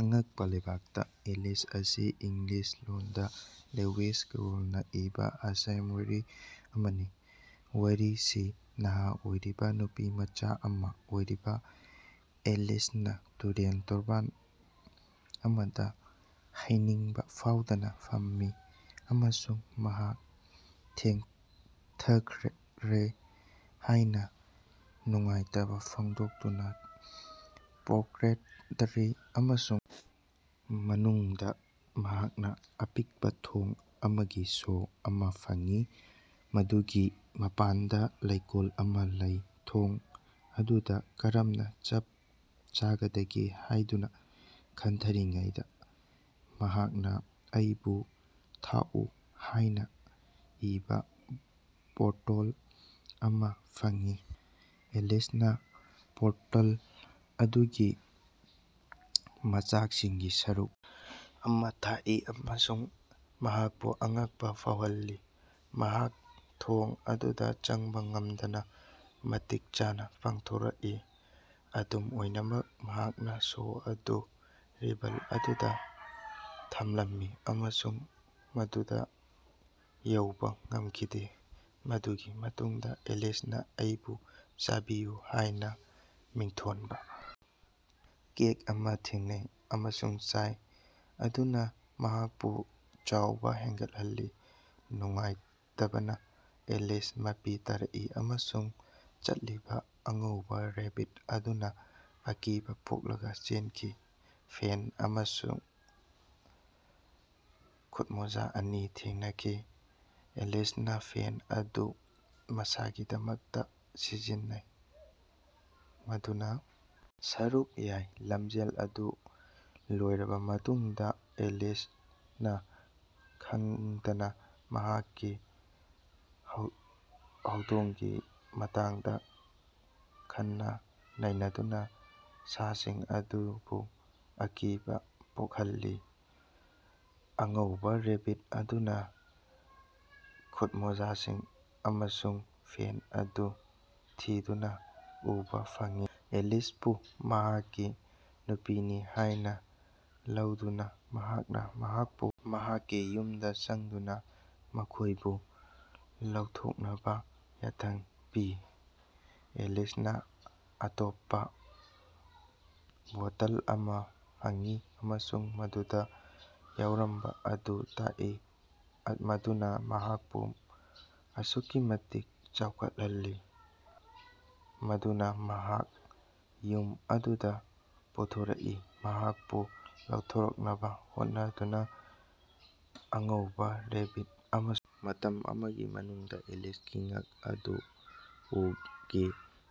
ꯑꯉꯛꯄ ꯂꯩꯄꯥꯛꯇ ꯑꯦꯂꯤꯁ ꯑꯁꯤ ꯏꯪꯂꯤꯁ ꯂꯣꯟꯗ ꯂꯦꯋꯤꯁ ꯀꯦꯔꯣꯜꯅ ꯏꯕ ꯑꯁꯦꯝꯋꯥꯔꯤ ꯑꯃꯅꯤ꯫ ꯋꯥꯔꯤꯁꯤ ꯅꯍꯥ ꯑꯣꯏꯔꯤꯕ ꯅꯨꯄꯤꯃꯆꯥ ꯑꯃ ꯑꯣꯏꯔꯤꯕ ꯑꯦꯂꯤꯁꯅ ꯇꯨꯔꯦꯟ ꯇꯣꯔꯕꯥꯟ ꯑꯃꯗ ꯍꯩꯅꯤꯡꯕ ꯐꯥꯎꯗꯅ ꯐꯝꯃꯤ ꯑꯃꯁꯨꯡ ꯃꯍꯥꯛ ꯊꯦꯡꯊꯈꯔꯦ ꯍꯥꯏꯅ ꯅꯨꯡꯉꯥꯏꯇꯕ ꯐꯣꯡꯗꯣꯛꯇꯨꯅ ꯄꯣꯀꯔ‌ꯦꯠ ꯗꯔꯤ ꯑꯃꯁꯨꯡ ꯃꯅꯨꯡꯗ ꯃꯍꯥꯛꯅ ꯑꯄꯤꯛꯄ ꯊꯣꯡ ꯑꯃꯒꯤ ꯁꯣ ꯑꯃ ꯐꯪꯏ, ꯃꯗꯨꯒꯤ ꯃꯄꯥꯟꯗ ꯂꯩꯀꯣꯜ ꯑꯃ ꯂꯩ꯫ ꯊꯣꯡ ꯑꯗꯨꯗ ꯀꯔꯝꯅ ꯆꯞ ꯆꯥꯒꯗꯒꯦ ꯍꯥꯏꯗꯨꯅ ꯈꯟꯊꯔꯤꯉꯩꯗ ꯃꯍꯥꯛꯅ "ꯑꯩꯕꯨ ꯊꯛꯎ" ꯍꯥꯏꯅ ꯏꯕ ꯕꯣꯇ‌ꯣꯜ ꯑꯃ ꯐꯪꯉꯤ꯫ ꯑꯦꯂꯤꯁꯅ ꯕꯣꯇꯜ ꯑꯗꯨꯒꯤ ꯃꯆꯥꯛꯁꯤꯡꯒꯤ ꯁꯔꯨꯛ ꯑꯃ ꯊꯛꯏ ꯑꯃꯁꯨꯡ ꯃꯍꯥꯛꯄꯨ ꯑꯉꯛꯄ ꯐꯥꯎꯍꯜꯂꯤ ꯃꯍꯥꯛ ꯊꯣꯡ ꯑꯗꯨꯗ ꯆꯪꯕ ꯉꯝꯗꯅ ꯃꯇꯤꯛ ꯆꯥꯅ ꯄꯥꯡꯊ‌ꯣꯔꯛꯏ꯫ ꯑꯗꯨꯝ ꯑꯣꯏꯅꯃꯛ, ꯃꯍꯥꯛꯅ ꯁꯣ ꯑꯗꯨ ꯔꯤꯕꯜ ꯑꯗꯨꯗ ꯊꯝꯂꯝꯃꯤ ꯑꯃꯁꯨꯡ ꯃꯗꯨꯗ ꯌꯧꯕ ꯉꯝꯈꯤꯗꯦ꯫ ꯃꯗꯨꯒꯤ ꯃꯇꯨꯡꯗ ꯑꯦꯂꯤꯁꯅ "ꯑꯩꯕꯨ ꯆꯥꯕꯤꯌꯨ" ꯍꯥꯏꯅ ꯃꯤꯡꯊꯣꯟꯕ ꯀꯦꯛ ꯑꯃ ꯊꯦꯡꯅꯩ ꯑꯃꯁꯨꯡ ꯆꯥꯏ, ꯑꯗꯨꯅ ꯃꯍꯥꯛꯄꯨ ꯆꯥꯎꯕ ꯍꯦꯟꯒꯠꯍꯜꯂꯤ꯫ ꯅꯨꯡꯉꯥꯏꯇꯕꯅ, ꯑꯦꯂꯤꯁꯅ ꯃꯄꯤ ꯇꯥꯔꯛꯏ ꯑꯃꯁꯨꯡ ꯆꯠꯂꯤꯕ ꯑꯉꯧꯕ ꯔꯦꯕꯤꯠ ꯑꯗꯨꯅ ꯑꯀꯤꯕ ꯄꯣꯛꯂꯒ ꯆꯦꯟꯈꯤ꯫ ꯐꯦꯟ ꯑꯃꯁꯨꯡ ꯈꯨꯠꯃꯣꯖꯥ ꯑꯅꯤ ꯊꯦꯡꯅꯈꯤ꯫ ꯑꯦꯂꯤꯁꯅ ꯐꯦꯟ ꯑꯗꯨ ꯃꯁꯥꯒꯤꯗꯃꯛꯇ ꯁꯤꯖꯤꯟꯅꯩ, ꯃꯗꯨꯅ ꯁꯔꯨꯛ ꯌꯥꯏ꯫ ꯂꯝꯖꯦꯜ ꯑꯗꯨ ꯂꯣꯏꯔꯕ ꯃꯇꯨꯡꯗ, ꯑꯦꯂꯤꯁꯅ ꯈꯪꯗꯅ ꯃꯍꯥꯛꯀꯤ ꯍꯧꯗꯣꯡꯒꯤ ꯃꯇꯥꯡꯗ ꯈꯟꯅ-ꯅꯩꯅꯗꯨꯅ ꯁꯥꯁꯤꯡ ꯑꯗꯨꯕꯨ ꯑꯀꯤꯕ ꯄꯣꯛꯍꯜꯂꯤ꯫ ꯑꯉꯧꯕ ꯔꯦꯕꯤꯠ ꯑꯗꯨꯅ ꯈꯨꯠꯃꯣꯖꯥꯁꯤꯡ ꯑꯃꯁꯨꯡ ꯐꯦꯟ ꯑꯗꯨ ꯊꯤꯗꯨꯅ ꯎꯕ ꯐꯪꯏ꯫ ꯑꯦꯂꯤꯁꯄꯨ ꯃꯍꯥꯛꯀꯤ ꯅꯨꯄꯤꯅꯤ ꯍꯥꯏꯅ ꯂꯧꯗꯨꯅ, ꯃꯍꯥꯛꯅ ꯃꯍꯥꯛꯄꯨ ꯃꯍꯥꯛꯀꯤ ꯌꯨꯝꯗ ꯆꯪꯗꯨꯅ ꯃꯈꯣꯏꯕꯨ ꯂꯧꯊꯣꯛꯅꯕ ꯌꯥꯊꯪ ꯄꯤ꯫ ꯑꯦꯂꯤꯁꯅ ꯑꯇꯣꯞꯄ ꯕꯣꯇꯜ ꯑꯃ ꯐꯪꯏ ꯑꯃꯁꯨꯡ ꯃꯗꯨꯗ ꯌꯥꯎꯔꯝꯕ ꯑꯗꯨ ꯊꯛꯏ, ꯃꯗꯨꯅ ꯃꯍꯥꯛꯄꯨ ꯑꯁꯨꯛꯀꯤ ꯃꯇꯤꯛ ꯆꯥꯎꯈꯠꯍꯜꯂꯤ ꯃꯗꯨꯅ ꯃꯍꯥꯛ ꯌꯨꯝ ꯑꯗꯨꯗ ꯄꯨꯊꯣꯔꯛꯏ꯫ ꯃꯍꯥꯛꯄꯨ ꯂꯧꯊꯣꯔꯛꯅꯕ ꯍꯣꯠꯅꯗꯨꯅ ꯑꯉꯧꯕ ꯔꯦꯕꯤꯠ ꯑꯃ ꯃꯇꯝ ꯑꯃꯒꯤ ꯃꯅꯨꯡꯗ, ꯑꯦꯂꯤꯁꯀꯤ ꯉꯛ ꯑꯗꯨ ꯎꯒꯤ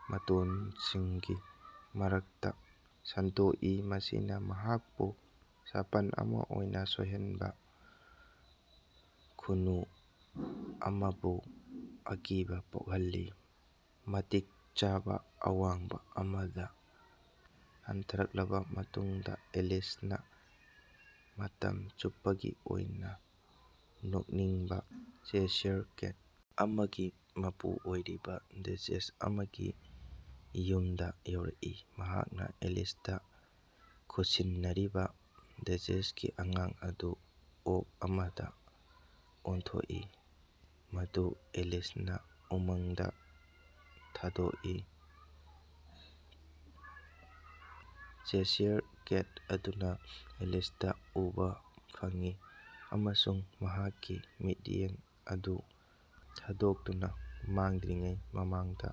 ꯃꯇꯣꯟꯁꯤꯡꯒꯤ ꯃꯔꯛꯇ ꯁꯟꯗꯣꯛꯏ, ꯃꯁꯤꯅ ꯃꯍꯥꯛꯄꯨ ꯁꯥꯄꯟ ꯑꯃ ꯑꯣꯏꯅ ꯁꯣꯏꯍꯟꯕ ꯈꯨꯅꯨ ꯑꯃꯕꯨ ꯑꯀꯤꯕ ꯄꯣꯛꯍꯜꯂꯤ꯫ ꯃꯇꯤꯛ ꯆꯥꯕ ꯑꯋꯥꯡꯕ ꯑꯃꯗ ꯍꯟꯊꯔꯛꯂꯕ ꯃꯇꯨꯡꯗ, ꯑꯦꯂꯤꯁꯅ ꯃꯇꯝ ꯆꯨꯞꯄꯒꯤ ꯑꯣꯏꯅ ꯅꯣꯛꯅꯤꯡꯕ ꯆꯦꯁꯥꯌꯔ ꯀꯦꯠ ꯑꯃꯒꯤ ꯃꯄꯨ ꯑꯣꯏꯔꯤꯕ ꯗ‌ꯦꯆꯦꯁ ꯑꯃꯒꯤ ꯃꯌꯨꯝꯗ ꯌꯧꯔꯛꯏ꯫ ꯃꯍꯥꯛꯅ ꯑꯦꯂꯤꯁꯇ ꯈꯨꯠꯁꯤꯟꯅꯔꯤꯕ ꯗ‌ꯦꯆꯦꯁꯀꯤ ꯑꯉꯥꯡ ꯑꯗꯨ ꯑꯣꯛ ꯑꯃꯗ ꯑꯣꯟꯊꯣꯛꯏ, ꯃꯗꯨ ꯑꯦꯂꯤꯁꯅ ꯎꯃꯪꯗ ꯊꯥꯗꯣꯛꯏ꯫ ꯆꯦꯁꯥꯌꯔ ꯀꯦꯠ ꯑꯗꯨꯅ ꯑꯦꯂꯤꯁꯇ ꯎꯕ ꯐꯪꯏ ꯑꯃꯁꯨꯡ ꯃꯍꯥꯛꯀꯤ ꯃꯤꯠꯌꯦꯡ ꯑꯗꯨ ꯊꯥꯗꯣꯛꯇꯨꯅ ꯃꯥꯡꯗ꯭ꯔꯤꯉꯩ ꯃꯃꯥꯡꯗ